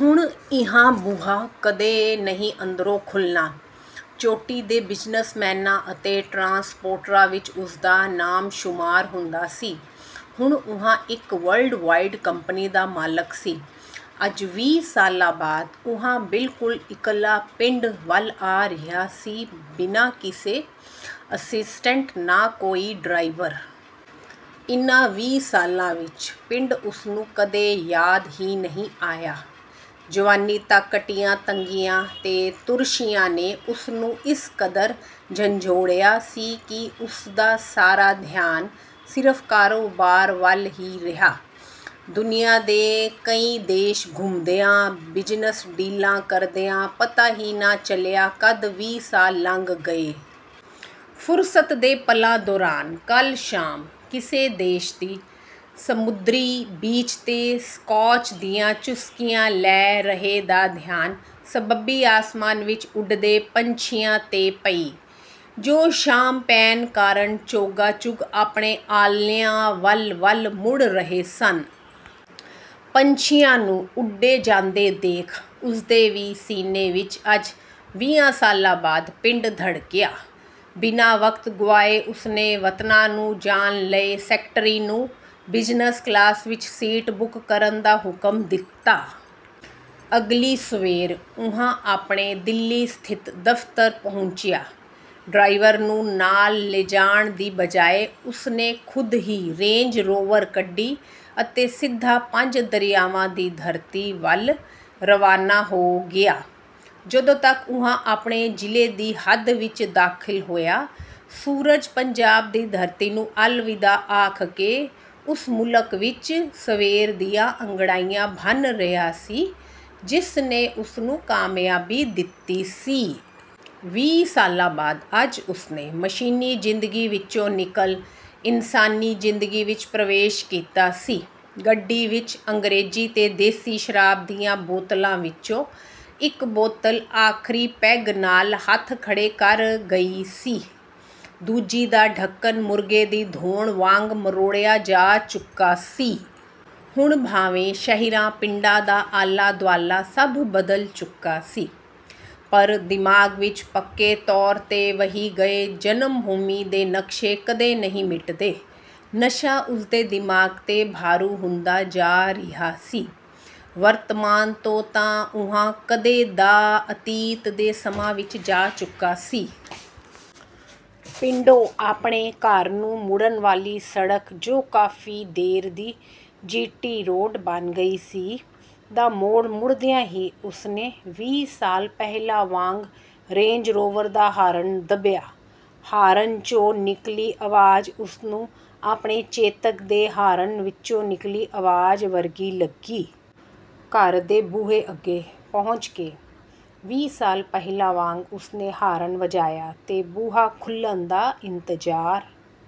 ਹੁਣ ਇਹ ਬੂਹਾ ਕਦੇ ਨਹੀ ਅੰਦਰੋ ਖੁੱਲਣਾ। ਚੋਟੀ ਦੇ ਬਿਜ਼ਨਸਮੈਨਾਂ ਅਤੇ ਟਰਾਂਸਪੋਰਟਰਾਂ ਵਿੱਚ ਉਸਦਾ ਨਾਮ ਸ਼ੁਮਾਰ ਹੁੰਦਾ ਸੀ। ਹੁਣ ਉਹ ਇੱਕ ਵਰਲਡ-ਵਾਈਡ ਕੰਪਨੀ ਦਾ ਮਾਲਕ ਸੀ। ਅੱਜ ਵੀਹ ਸਾਲਾ ਬਾਅਦ ਉਹ ਬਿਲਕੁਲ ਇਕੱਲਾ ਪਿੰਡ ਵੱਲ ਆ ਰਿਹਾ ਸੀ ਬਿਨਾ ਕਿਸੇ ਅਸਿਸਟੈਂਟ, ਨਾ ਕੋਈ ਡਰਾਇਵਰ। ਇਨ੍ਹਾਂ ਵੀਹ ਸਾਲਾਂ ਵਿੱਚ ਪਿੰਡ ਉਸਨੂੰ ਕਦੇ ਯਾਦ ਹੀ ਨਹੀਂ ਆਇਆ। ਜਵਾਨੀ ਤੱਕ ਕੱਟੀਆਂ ਤੰਗੀਆਂ ਤੇ ਤੁਰਸ਼ੀਆਂ ਨੇ ਉਸਨੂੰ ਇਸ ਕਦਰ ਝੰਜੋੜਿਆ ਸੀ ਕਿ ਉਸਦਾ ਸਾਰਾ ਧਿਆਨ ਸਿਰਫ਼ ਕਾਰੋਬਾਰ ਵੱਲ ਹੀ ਰਿਹਾ। ਦੁਨੀਆ ਦੇ ਕਈ ਦੇਸ਼ ਘੁੰਮਦਿਆ, ਬਿਜਨਸ਼ ਡੀਲ਼ਾ ਕਰਦਿਆ ਪਤਾ ਹੀ ਨਾ ਚੱਲਿਆ ਕਦ ਵੀਹ ਸਾਲ ਲੰਘ ਗਏ।। ਫੁਰਸਤ ਦੇ ਪਲਾ ਦੌਰਾਨ ਕੱਲ ਸ਼ਾਮ ਕਿਸੇ ਦੇਸ਼ ਦੀ ਸਮੁੰਦਰੀ ਬੀਚ ਤੇ ਸਕਾੱਚ ਦੀਆ ਚੁਸਕੀਆ ਲੈ ਰਹੇ ਦਾ ਧਿਆਨ ਸਬੱਬੀ ਅਸਮਾਨ ਵਿੱਚ ਉੱਡਦੇ ਪੰਛੀਆ ਤੇ ਪਈ, ਜੋ ਸ਼ਾਮ ਪੈਣ ਕਾਰਨ ਚੋਗ ਚੁਗ ਆਪਣੇ ਆਲਣਿਆ ਵੱਲ ਵੱਲ ਮੁੜ ਰਹੇ ਸਨ। ਪੰਛੀਆ ਨੂੰ ਉੱਡੇ ਜਾਂਦੇ ਦੇਖ ਉਸਦੇ ਵੀ ਸੀਨੇ ਵਿੱਚ ਅੱਜ ਵੀਹਾਂ ਸਾਲਾ ਬਾਅਦ ਪਿੰਡ ਧੜਕਿਆ, ਬਿਨਾ ਵਕਤ ਗੁਆਏ ਉਸਨੇ ਵਤਨਾਂ ਨੂੰ ਜਾਣ ਲਈ ਸੈਕੇਟਰੀ ਨੂੰ ਬਿਜਨਸ਼ ਕਲਾਸ ਵਿੱਚ ਸੀਟ ਬੁੱਕ ਕਰਨ ਦਾ ਹੁਕਮ ਦਿੱਤਾ। ਅਗਲੀ ਸਵੇਰ ਉਹ ਆਪਣੇ ਦਿੱਲੀ ਸਥਿਤ ਦਫ਼ਤਰ ਪਹੁੰਚਿਆ, ਡਰਾਈਵਰ ਨੂੰ ਨਾਲ ਲਿਜਾਣ ਦੀ ਬਜਾਏ ਉਸਨੇ ਖੁਦ ਹੀ ਰੇਂਜ ਰੋਵਰ ਕੱਢੀ ਅਤੇ ਸਿੱਧਾ ਪੰਜ ਦਰਿਆਵਾਂ ਦੀ ਧਰਤੀ ਵੱਲ ਰਵਾਨਾ ਹੋ ਗਿਆ। ਜਦੋਂ ਤੱਕ ਉਹ ਆਪਣੇ ਜ਼ਿਲ੍ਹੇ ਦੀ ਹੱਦ ਵਿੱਚ ਦਾਖ਼ਲ ਹੋਇਆ, ਸੂਰਜ ਪੰਜਾਬ ਦੀ ਧਰਤੀ ਨੂੰ ਅਲਵਿਦਾ ਆਖ ਕੇ ਉਸ ਮੁਲਕ ਵਿੱਚ ਸਵੇਰ ਦੀਆਂ ਅੰਗੜਾਈਆਂ ਭੰਨ ਰਿਹਾ ਸੀ, ਜਿਸ ਨੇ ਉਸਨੂੰ ਕਾਮਯਾਬੀ ਦਿੱਤੀ ਸੀ। ਵੀਹ ਸਾਲਾ ਬਾਅਦ ਅੱਜ ਉਸਨੇ ਮਸ਼ੀਨੀ ਜ਼ਿੰਦਗੀ ਵਿੱਚੋ ਨਿੱਕਲ ਇੰਨਸਾਨੀ ਜ਼ਿੰਦਗੀ ਵਿੱਚ ਪ੍ਰਵੇਸ਼ ਕੀਤਾ ਸੀ। ਗੱਡੀ ਵਿੱਚ ਅੰਗਰੇਜ਼ੀ ਤੇ ਦੇਸੀ ਸ਼ਰਾਬ ਦੀਆਂ ਬੋਤਲਾਂ ਵਿੱਚੋ ਇੱਕ ਬੋਤਲ ਆਖਰੀ ਪੈੱਗ ਨਾਲ ਹੱਥ ਖੜੇ ਕਰ ਗਈ ਸੀ, ਦੂਜੀ ਦਾ ਢੱਕਣ ਮੁਰਗ਼ੇ ਦੀ ਧੌਣ ਵਾਂਗ ਮਰੋੜਿਆ ਜਾ ਚੁੱਕਾ ਸੀ। ਹੁਣ ਭਾਵੇਂ ਸ਼ਹਿਰਾਂ ਪਿੰਡਾਂ ਦਾ ਆਲਾ ਦੁਆਲਾ ਸਭ ਬਦਲ ਚੁੱਕਾ ਸੀ ਪਰ ਦਿਮਾਗ ਵਿੱਚ ਪੱਕੇ ਤੌਰ ਤੇ ਵਹਿ ਗਏ ਜਨਮ ਭੂਮੀ ਦੇ ਨਕਸ਼ੇ ਕਦੋ ਨਹੀਂ ਮਿਟਦੇ। ਨਸ਼ਾ ਉਸਦੇ ਦਿਮਾਗ ਤੇ ਭਾਰੂ ਹੁੰਦਾ ਜਾ ਰਿਹਾ ਸੀ, ਵਰਤਮਾਨ ਤੋਂ ਤਾਂ ਉਹ ਕਦੋ ਦਾ ਅਤੀਤ ਦੇ ਸਮੇਂ ਵਿੱਚ ਜਾ ਚੁੱਕਾ ਸੀ। ਪਿੰਡੋਂ ਆਪਣੇ ਘਰ ਨੂੰ ਮੁੜਣ ਵਾਲੀ ਸੜਕ ਜੋ ਕਾਫ਼ੀ ਦੇਰ ਦੀ ਜੀ ਟੀ ਰੋਡ ਬਣ ਗਈ ਸੀ ਦਾ ਮੋੜ ਮੁੜਦਿਆ ਹੀ ਉਸਨੇ ਵੀਹ ਸਾਲਾ ਪਹਿਲਾ ਵਾਂਗ ਰੇਂਜ ਰੋਵਰ ਦਾ ਹਾਰਨ ਦੱਬਿਆ, ਹਾਰਨ ਚੋ ਨਿੱਕਲੀ ਅਵਾਜ ਉਸਨੂੰ ਆਪਣੇ ਚੇਤਕ ਦੇ ਹਾਰਨ ਵਿੱਚੋ ਨਿੱਕਲੀ ਅਵਾਜ ਵਰਗੀ ਲੱਗੀ। ਘਰਦੇ ਦੇ ਬੂਹੇ ਅੱਗੇ ਪਹੁੰਚ ਕੇ ਵੀਹ ਸਾਲ ਪਹਿਲਾ ਵਾਂਗ ਉਸਨੇ ਹਾਰਨ ਵਜਾਇਆ ਤੇ ਬੂਹਾ ਖੁੱਲਣ ਦਾ ਇੰਤਜਾਰ